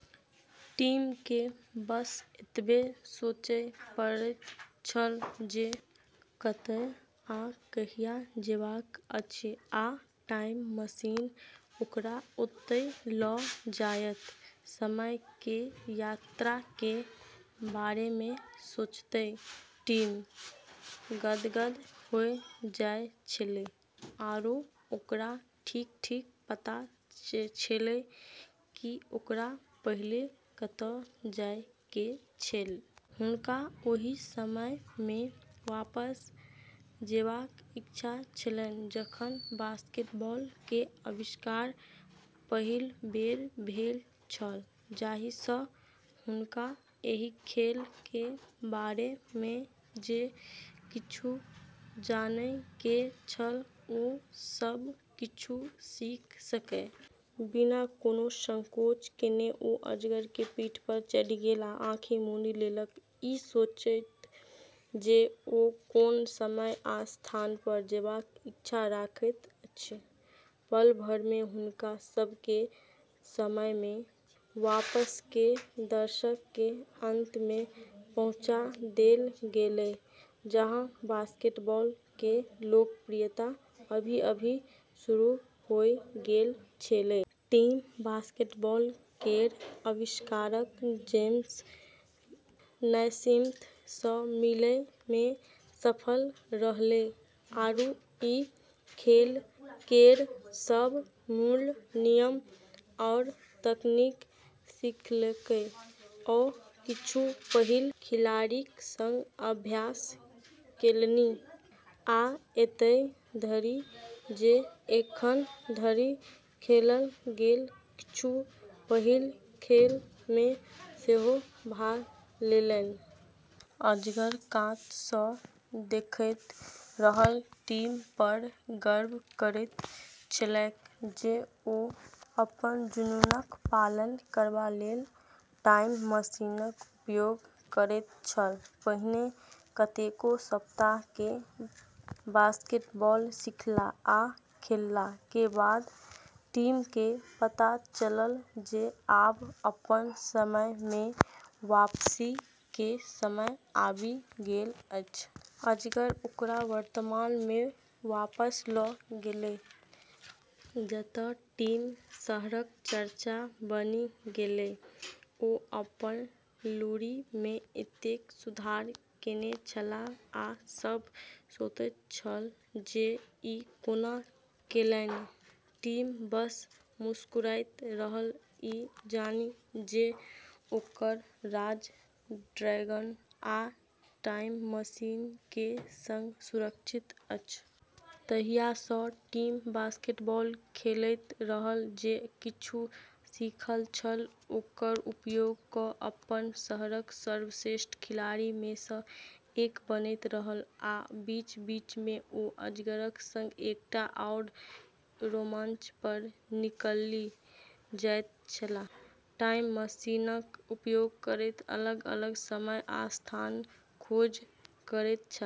टिम के बस एतबे सोचय पड़ैत छल जे कतय आ कहिया जेबाक अछि, आ टाइम मशीन ओकरा ओतय ल' जायत। समय के यात्रा के बारे में सोचतें टिम गदगद होय जाय छेलै, आरो ओकरा ठीक-ठीक पता छेलै कि ओकरा पहलें कतय जाय के छै। हुनका ओहि समय मे वापस जेबाक इच्छा छलनि जखन बास्केटबॉल के आविष्कार पहिल बेर भेल छल, जाहि सं हुनका एहि खेल के बारे मे जे किछु जानय के छल ओ सब किछु सीख सकय। बिना कोनो संकोच केने ओ अजगर के पीठ पर चढ़ि गेल आ आँखि मुनि लेलक, ई सोचैत जे ओ कोन समय आ स्थान पर जेबाक इच्छा रखैत अछि। पल भर में हुनका सब के समय में वापस, के दशक के अंत में पहुंचा देल गेलै, जहां बास्केटबॉल के लोकप्रियता अभी-अभी शुरू होय गेल छेलै। टिम बास्केटबॉल केर आविष्कारक जेम्स नैस्मिथ स मिलै मे सफल रहलै आरू ई खेल केर सब मूल नियम आरू तकनीक सीखलकै। ओ किछु पहिल खिलाड़ीक संग अभ्यास केलनि आ एतय धरि जे एखन धरि खेलल गेल किछु पहिल खेल मे सेहो भाग लेलनि। अजगर कात सॅ देखैत रहल, टिम पर गर्व करैत छलैक जे ओ अपन जुनूनक पालन करबा लेल टाइम मशीनक उपयोग करैत छल। पहिने कतेको सप्ताह के बास्केटबॉल सीखला आ खेलला के बाद टिम के पता चलल जे आब अपन समय में वापसी के समय आबि गेल अछि। अजगर ओकरा वर्तमान मे वापस ल' गेलै, जतय टिम शहरक चर्चा बनि गेलै। ओ अपन लूरि मे एतेक सुधार केने छलाह, आ सभ सोचैत छल जे ई कोना केलनि। टिम बस मुस्कुराइत रहल, ई जानि जे ओकर राज ड्रैगन आ टाइम मशीन के संग सुरक्षित अछि। तहिया सँ टिम बास्केटबॉल खेलैत रहल, जे किछु सीखल छल ओकर उपयोग क' अपन शहरक सर्वश्रेष्ठ खिलाड़ी मे सँ एक बनैत रहल। आ बीच-बीच मे ओ अजगरक संग एकटा आओर रोमांच पर निकलि जाइत छलाह, टाइम मशीनक उपयोग करैत अलग-अलग समय आ स्थानक खोज करैत छलाह।